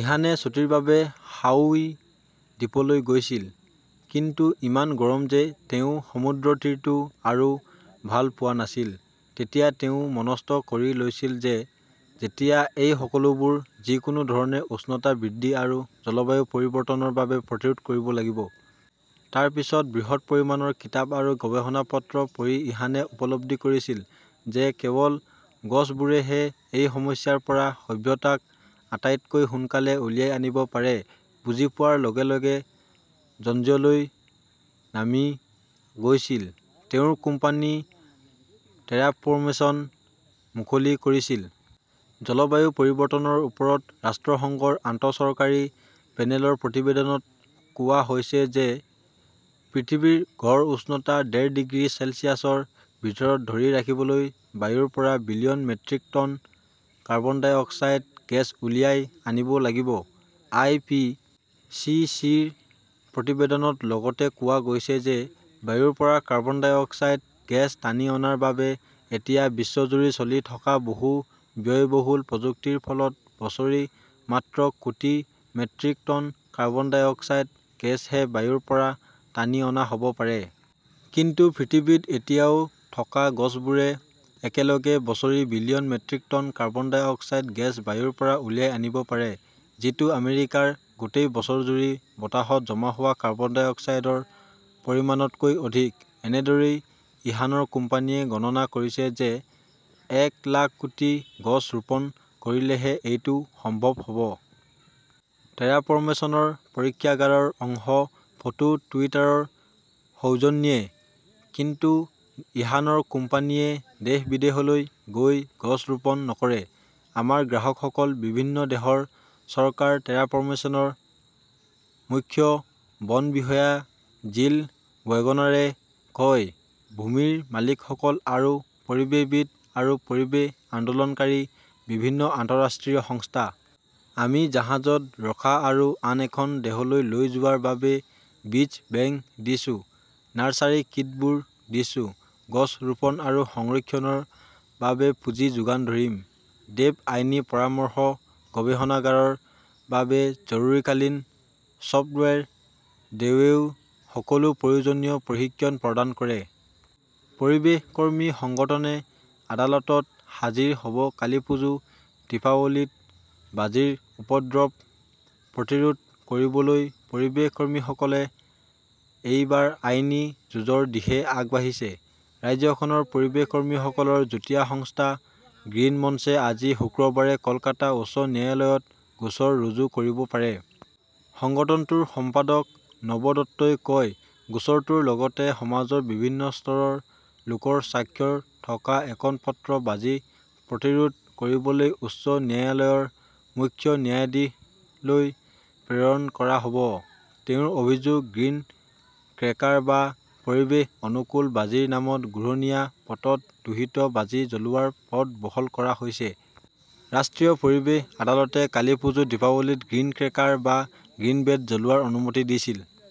ইশানে ছুটীৰ বাবে হাউই দ্বীপলৈ গৈছিল। কিন্তু ইমান গৰম যে তেওঁ সমুদ্ৰতীৰটো আৰু ভাল পোৱা নাছিল। তেতিয়া তেওঁ মনস্থ কৰি লৈছিল যে যেতিয়া এই সকলোবোৰ, যিকোনো ধৰণে, উষ্ণতা বৃদ্ধি আৰু জলবায়ু পৰিৱৰ্তনৰ বাবে প্ৰতিৰোধ কৰিব লাগিব। তাৰ পিছত বৃহৎ পৰিমাণৰ কিতাপ আৰু গৱেষণা পত্ৰ পঢ়ি ইশানে উপলব্ধি কৰিছিল যে কেৱল গছবোৰেহে এই সমস্যাৰ পৰা সভ্যতাক আটাইতকৈ সোনকালে উলিয়াই আনিব পাৰে। বুজি পোৱাৰ লগে - লগে যজ্ঞলৈ নামি গৈছিল। তেওঁৰ কোম্পানী টেৰাফৰ্মেচন মুকলি কৰিছিল। জলবায়ু পৰিৱৰ্তনৰ ওপৰত ৰাষ্ট্ৰসংঘৰ আন্তঃচৰকাৰী পেনেলৰ প্ৰতিবেদনত কোৱা হৈছে যে পৃথিৱীৰ গড় উষ্ণতা ডেৰ ডিগ্ৰী চেলছিয়াছৰ ভিতৰত ধৰি ৰাখিবলৈ বায়ুৰ পৰা billion metric ton carbon dioxide gas উলিয়াই আনিব লাগিব। আই. পি. চি. চি.ৰ প্ৰতিবেদনত লগতে কোৱা হৈছে যে বায়ুৰ পৰা কাৰ্বন ডাই অক্সাইড গেছ টানি অনাৰ বাবে এতিয়া বিশ্বজুৰি চলি থকা বহু ব্যয়বহুল প্ৰযুক্তিৰ ফলত বছৰি মাত্ৰ কোটি metric ton carbon dioxide গেছহে বায়ুৰ পৰা টানি অনা হ 'ব পাৰে। কিন্তু পৃথিৱীত এতিয়াও থকা গছবোৰে একেলগে বছৰি billion metric ton carbon dioxide gas বায়ুৰ পৰা উলিয়াই আনিব পাৰে। যিটো আমেৰিকাৰ গোটেই বছৰজুৰি বতাহত জমা হোৱা কাৰ্বন ডাই অক্সাইডৰ পৰিমাণতকৈ অধিক। এনেদৰেই ইশানৰ কোম্পানীয়ে গণনা কৰিছে যে এক লাখ কোটি গছ ৰোপণ কৰিলেহে এইটো সম্ভৱ হ'ব। টেৰাফৰ্মেচনৰ পৰীক্ষাগাৰৰ অংশ। ফটো-টুইটাৰৰ সৌজন্যে। কিন্তু ইশানৰ কোম্পানীয়ে দেশ-বিদেশলৈ গৈ গছ ৰোপণ নকৰে। আমাৰ গ্ৰাহকসকল বিভিন্ন দেশৰ চৰকাৰ, টেৰাফৰ্মেচনৰ মুখ্য বন বিষয়া জিল ৱেগনাৰে কয়। ভূমিৰ মালিকসকল আৰু পৰিৱেশবিদ আৰু পৰিৱেশ আন্দোলনকাৰী বিভিন্ন আন্তঃৰাষ্ট্ৰীয় সংস্থা। আমি জাহাজত ৰখা আৰু আন এখন দেশলৈ লৈ যোৱাৰ বাবে বীজ বেংক দিছো। নাৰ্চাৰী কিটবোৰ দিছো। গছ ৰোপণ আৰু সংৰক্ষণৰ বাবে পুঁজি যোগান ধৰিম। দেৱ আইনী পৰামৰ্শ, গৱেষণাগাৰৰ বাবে জৰুৰীকালীন চফ্টৱেৰ। দেৱেও সকলো প্ৰয়োজনীয় প্ৰশিক্ষণ প্ৰদান কৰে। পৰিৱেশ কৰ্মী সংগঠনে আদালতত হাজিৰ হ'ব কালীপুজো, দীপাৱলীত বাজিৰ উপদ্ৰৱ প্ৰতিৰোধ কৰিবলৈ পৰিৱেশ কৰ্মীসকলে এইবাৰ আইনী যুঁজৰ দিশে আগবাঢ়িছে। ৰাজ্যখনৰ পৰিৱেশ কৰ্মীসকলৰ যুটীয়া সংস্থা গ্ৰীণ মঞ্চে আজি, শুক্ৰবাৰে কলকাতা উচ্চ ন্যায়ালয়ত গোচৰ ৰুজু কৰিব পাৰে। সংগঠনটোৰ সম্পাদক নব দত্তই কয়, গোচৰটোৰ লগতে সমাজৰ বিভিন্ন স্তৰৰ লোকৰ স্বাক্ষৰ থকা এখন পত্ৰ বাজি প্ৰতিৰোধ কৰিবলৈ উচ্চ ন্যায়ালয়ৰ মুখ্য ন্যায়াধীশলৈ প্ৰেৰণ কৰা হ'ব। তেওঁৰ অভিযোগ, গ্ৰীণ ক্ৰেকাৰ বা পৰিৱেশ অনুকূল বাজিৰ নামত ঘূৰণীয়া পথত দূষিত বাজি জ্বলোৱাৰ পথ বহল কৰা হৈছে। ৰাষ্ট্ৰীয় পৰিৱেশ আদালতে কালীপুজো, দীপাৱলীত গ্ৰীণ ক্ৰেকাৰ বা গ্ৰীণ বেট জ্বলোৱাৰ অনুমতি দিছিল।